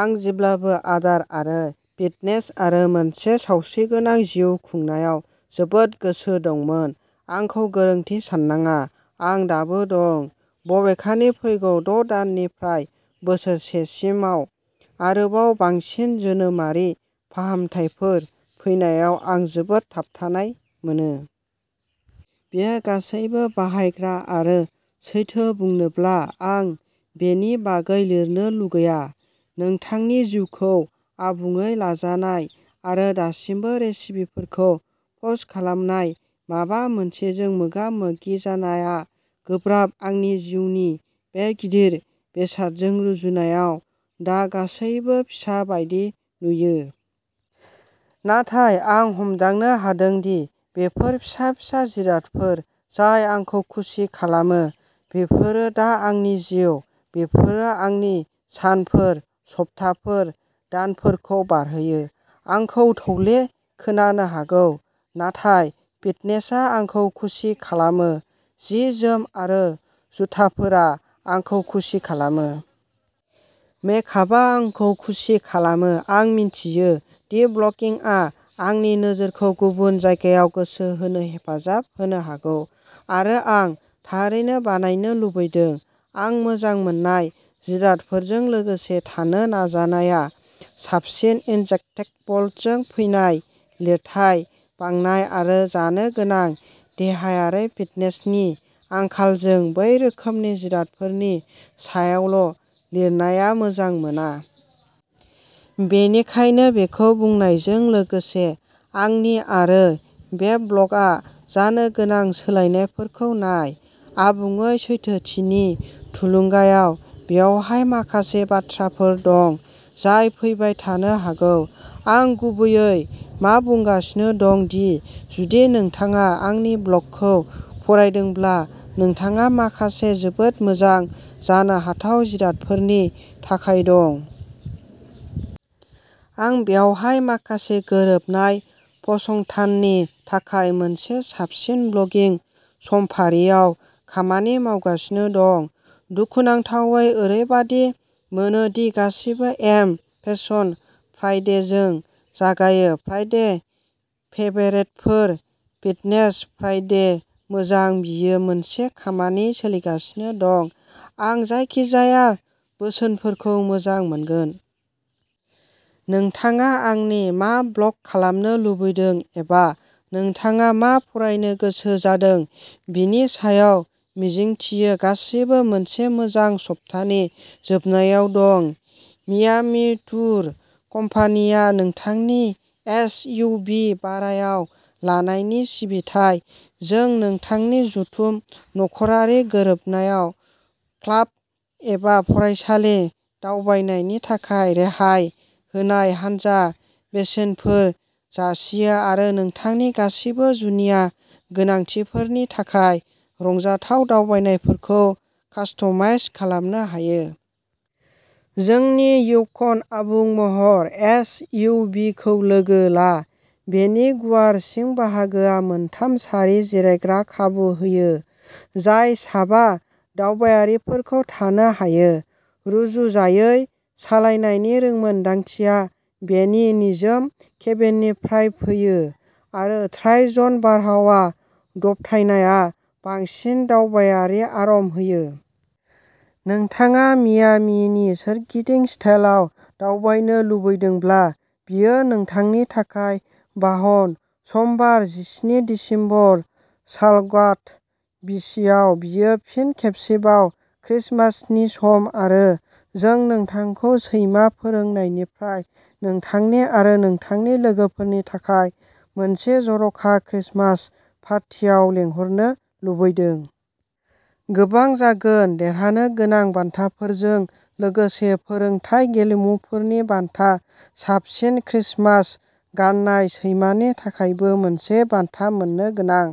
आं जेब्लाबो आदार आरो फिटनेस आरो मोनसे सावस्रिगोनां जिउ खुंनायाव जोबोद गोसो दंमोन। आंखौ गोरोन्थि साननाङा, आं दाबो दं। बबेखानि, फैगौ द‘ दाननिफ्राय बोसोरसेसिमाव आरोबाव बांसिन जोनोमारि फाहामथायफोर फैनायाव, आं जोबोद थाबथानाय मोनो। बेयो गासैबो बाहायग्रा आरो सैथो बुंनोब्ला, आं बेनि बागै लिरनो लुगैया। नोंथांनि जिउखौ आबुङै लाजानाय आरो दासिमबो रेसिपिफोरखौ पस्ट खालामनाय माबा मोनसेजों मोगा-मोगि जानाया गोब्राब। आंनि जिउनि बे गिदिर बेसादजों रुजुनायाव दा गासैबो फिसा बायदि नुयो। नाथाय, आं हमदांनो हादों दि बेफोर फिसा फिसा जिरादफोर जाय आंखौ खुसि खालामो बेफोरो दा आंनि जिउ। बेफोरो आंनि सानफोर, सप्ताफोर, दानफोरखौ बारहोयो। आंखौ थौले खोनानो हागौ, नाथाय फिटनेसआ आंखौ खुसि खालामो। जि-जोम आरो जुथाफोरा आंखौ खुसि खालामो। मेकआपआ आंखौ खुसि खालामो आं मिथियो दि ब्लगिंआ आंनि नोजोरखौ गुबुन जायगायाव गोसो होनो हेफाजाब होनो हागौ आरो आं थारैनो बानायनो लुबैदों। आं मोजां मोननाय जिरादफोरजों लोगोसे थानो नाजानाया साबसिन। इनजेक्टेबलजों फैनाय लिरथाय बांनाय आरो जानो गोनां देहायारि फिटनेसनि आंखालजों, बै रोखोमनि जिरादफोरनि सायावल' लिरनाया मोजां मोना। बेनिखायनो बेखौ बुंनायजों लोगोसे, आंनि आरो बे ब्लगआ जानो गोनां सोलायनायफोरखौ नाय। आबुङै सैथोथिनि थुलुंगायाव बेवहाय माखासे बाथ्राफोर दं जाय फैबाय थानो हागौ। आं गुबैयै मा बुंगासिनो दं दि जुदि नोंथाङा आंनि ब्लगखौ फरायदोंब्ला नोंथाङा माखासे जोबोद मोजां जानो हाथाव जिरादफोरनि थाखाय दं। आं बेवहाय माखासे गोरोबनाय फसंथाननि थाखाय मोनसे साबसिन ब्लगिं समफारियाव खामानि मावगासिनो दं। दुखुनांथावै, ओरैबादि मोनो दि गासैबो एफ. फेसन फ्राइडेजों जागायो? फ्राइडे फेभरेटफोर? Fitness Friday? मोजां बेयो मोनसे खामानि सोलिगासिनो दं। आं जायखिजाया बोसोनफोरखौ मोजां मोनगोन। नोंथाङा आंनो मा ब्ल'ग खालामनो लुबैदों एबा नोंथाङा मा फरायनो गोसो जादों बेनि सायाव मिजिंथियो गासिबो मोनसे मोजां सप्तानि जोबनायाव दं मियामी टुर कम्पानिया नोंथांनि एस. इउ. भि. भारायाव लानायनि सिबिथाय। जों नोंथांनि जथुम, नखरारि गोरोबनाय, क्लाब एबा फरायसालि दावबायनायनि थाखाय रेहाय होनाय हानजा बेसेनफोर जासियो आरो नोंथांनि गासिबो जुनिया गोनांथिफोरनि थाखाय रंजाथाव दावबायनायफोरखौ कास्टमाइज खालामनो हायो। जोंनि युकन आबुं महर एस. इउ. भि. खौ लोगो ला। बेनि गुवार सिं बाहागोआ मोनथाम सारि जिरायग्रा खाबु होयो जाय सा बा दावबायारिफोरखौ थानो हायो। रुजुजायै सालायनायनि रोंमोनदांथिया बेनि निजोम केबिननिफ्राय फैयो, आरो ट्राइ-जन बारहावा दबथायनाया बांसिन दावबायारि आराम होयो। नोंथाङा मियामीनि सोरगिदिं स्टाइलआव दावबायनो लुबैदोंब्ला, बेयो नोंथांनि थाखाय बाहन। समबार जिस्नि दिसेम्बर सालगाड' बीचआव। बेयो फिन खेबसेबाव क्रिसमासनि सम आरो जों नोंथांखौ सैमा फोरोंनायनिफ्राय नोंथांनि आरो नोंथांनि लोगोफोरनि थाखाय मोनसे जर'खा क्रिसमास पार्टियाव लिंहरनो लुबैदों। गोबां जागोन। देरहानो गोनां बान्थाफोरजों लोगोसे फोरोंथाय गेलेमुफोरनि बान्था। साबसिन क्रिसमास गाननाय सैमानि थाखायबो मोनसे बान्था मोननो गोनां।